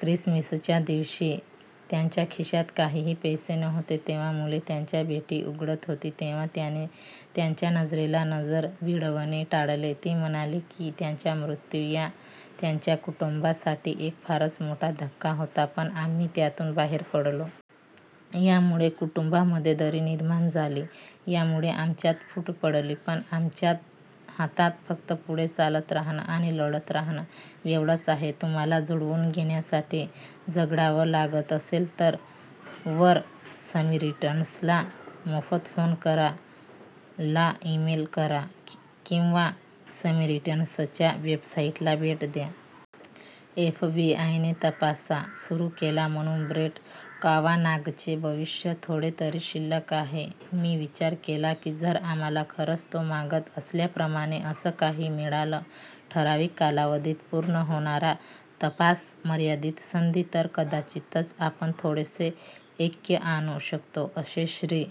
ख्रिसमसच्या दिवशी त्याचा खिशात काहीही पैसे नव्हते जेव्हा मुले त्यांच्या भेटी उघडत होती तेव्हा त्याने त्यांच्या नजरेला नजर भिडवणे टाळले. " ती म्हणाली की, त्याचा मृत्यू हा त्यांच्या कुटुंबासाठी एक फारच मोठा धक्का होता, पण आम्ही त्यातून बाहेर पडलो. "यामुळे कुटुंबामध्ये दरी निर्माण झाली. यामुळे आमच्यात फूट पडली. पण आमच्या हातात फक्त पुढे चालत राहणं आणि लढत राहणं एवढंच आहे. " तुम्हाला जुळवून घेण्यासाठी झगडावं लागत असेल तर वर समरिटन्सला मोफत फोन करा, ला इमेल करा किंवा समरिटन्सच्या वेबसाईटला भेट द्या. एफबीआयने तपास सुरू केला म्हणून ब्रेट कावानॉघचे भविष्य थोडेतरी शिल्लक आहे "मी विचार केला की, जर आम्हाला खरंच तो मागत असलेल्याप्रमाणे असं काही मिळालं ठराविक कालावधीत पूर्ण होणारा तपास, मर्यादित संधी तर कदाचित आपण थोडेसे ऐक्य आणू शकतो," असे श्री.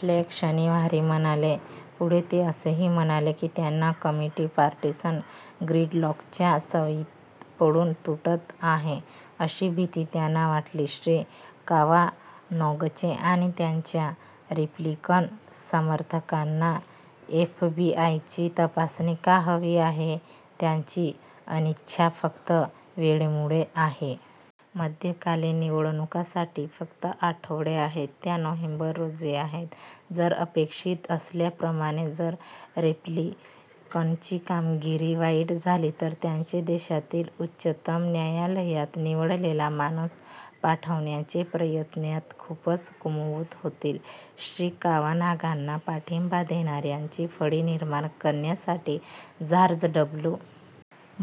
फ्लेक शनिवारी म्हणाले, पुढे ते असेही म्हणाले की त्यांना कमिटी पार्टीसन ग्रीडलॉकच्या सवयीत पडून "तुटत" आहे अशी भीती त्यांना वाटली. श्री. कावानॉघचे आणि त्यांच्या रिपब्लिकन समर्थकांना एफबीआयची तपासणी का हवी आहे? त्यांची अनिच्छा फक्त वेळेमुळे आहे. मध्यकालीन निवडणुकांसाठी फक्त आठवडे आहेत, त्या नोव्हेंबर रोजी आहेत जर अपेक्षित असल्याप्रमाणे जर रिपब्लिकनची कामगिरी वाईट झाली, तर त्यांचे देशातील उच्चतम न्यायालयात निवडलेला माणूस पाठवण्याचे प्रयत्नात खूपच कमकुवत होतील. श्री. कावानॉघना पाठिंबा देणाऱ्यांची फळी निर्माण करण्यासाठी जॉर्ज डब्लू.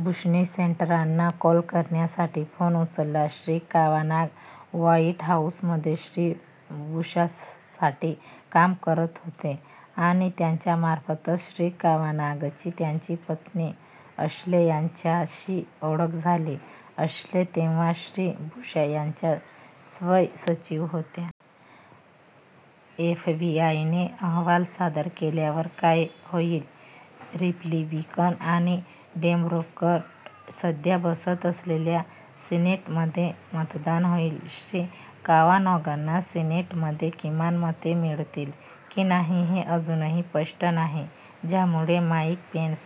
बुशनी सेनेटरना कॉल करण्यासाठी फोन उचलला. श्री. कावानॉघ व्हाईट हाउसमध्ये श्री. बुशसाठी काम करत होते आणि त्यांच्यामार्फतच श्री. कावानॉघची त्यांच्या पत्नी अॅशले यांच्याशी ओळख झाली, अॅशले तेव्हा श्री. बुश यांच्या स्वीय सचिव होत्या. एफबीआयने अहवाल सादर केल्यावर काय होईल? रिपब्लिकन आणि डेमोक्रॅट सध्या बसत असलेल्या सीनेटमध्ये मतदान होईल. श्री कावानॉघना सीनेटमध्ये किमान मते मिळतील की नाही हे अजूनही स्पष्ट नाही, ज्यामुळे माईक पेन्स,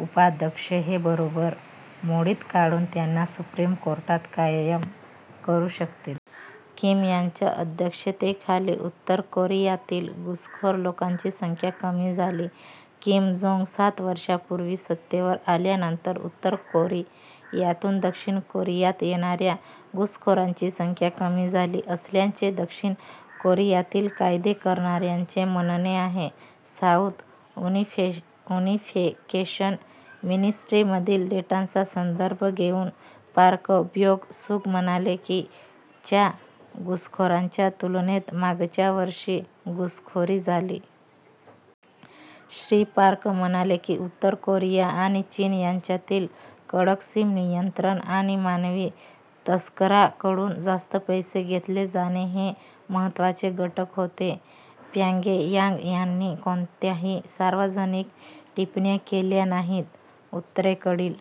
उपाध्यक्ष हे बरोबरी मोडीत काढून त्यांना सुप्रीम कोर्टात कायम करू शकतील. किम यांच्या अध्यक्षतेखाली उत्तर कोरियातील घुसखोर लोकांची संख्या "कमी" झाली किम जोंग सात वर्षापूर्वी सत्तेवर आल्यानंतर उत्तर कोरियातून दक्षिण कोरियात येणाऱ्या घुसखोरांची संख्या कमी झाली असल्याचे, दक्षिण कोरियातील कायदे करणाऱ्यांचे म्हणणे आहे. साउथ उनिफिकेशन मिनिस्ट्री मधील डेटाचा संदर्भ देऊन पार्क ब्योंग-सुंग म्हणाले की, च्या घुसखोरांच्या तुलनेत मागच्या वर्षी घुसखोरी झाली. श्री. पार्क म्हणाले की, उत्तर कोरिया आणि चीन यांच्यातील कडक सीम नियंत्रण आणि मानवी तस्करांकडून जास्त पैसे घेतले जाणे हे महत्त्वाचे घटक होते. प्योंगयांग यांनी कोणत्याही सार्वजनिक टिप्पण्या केल्या नाहीत. उत्तरेकडील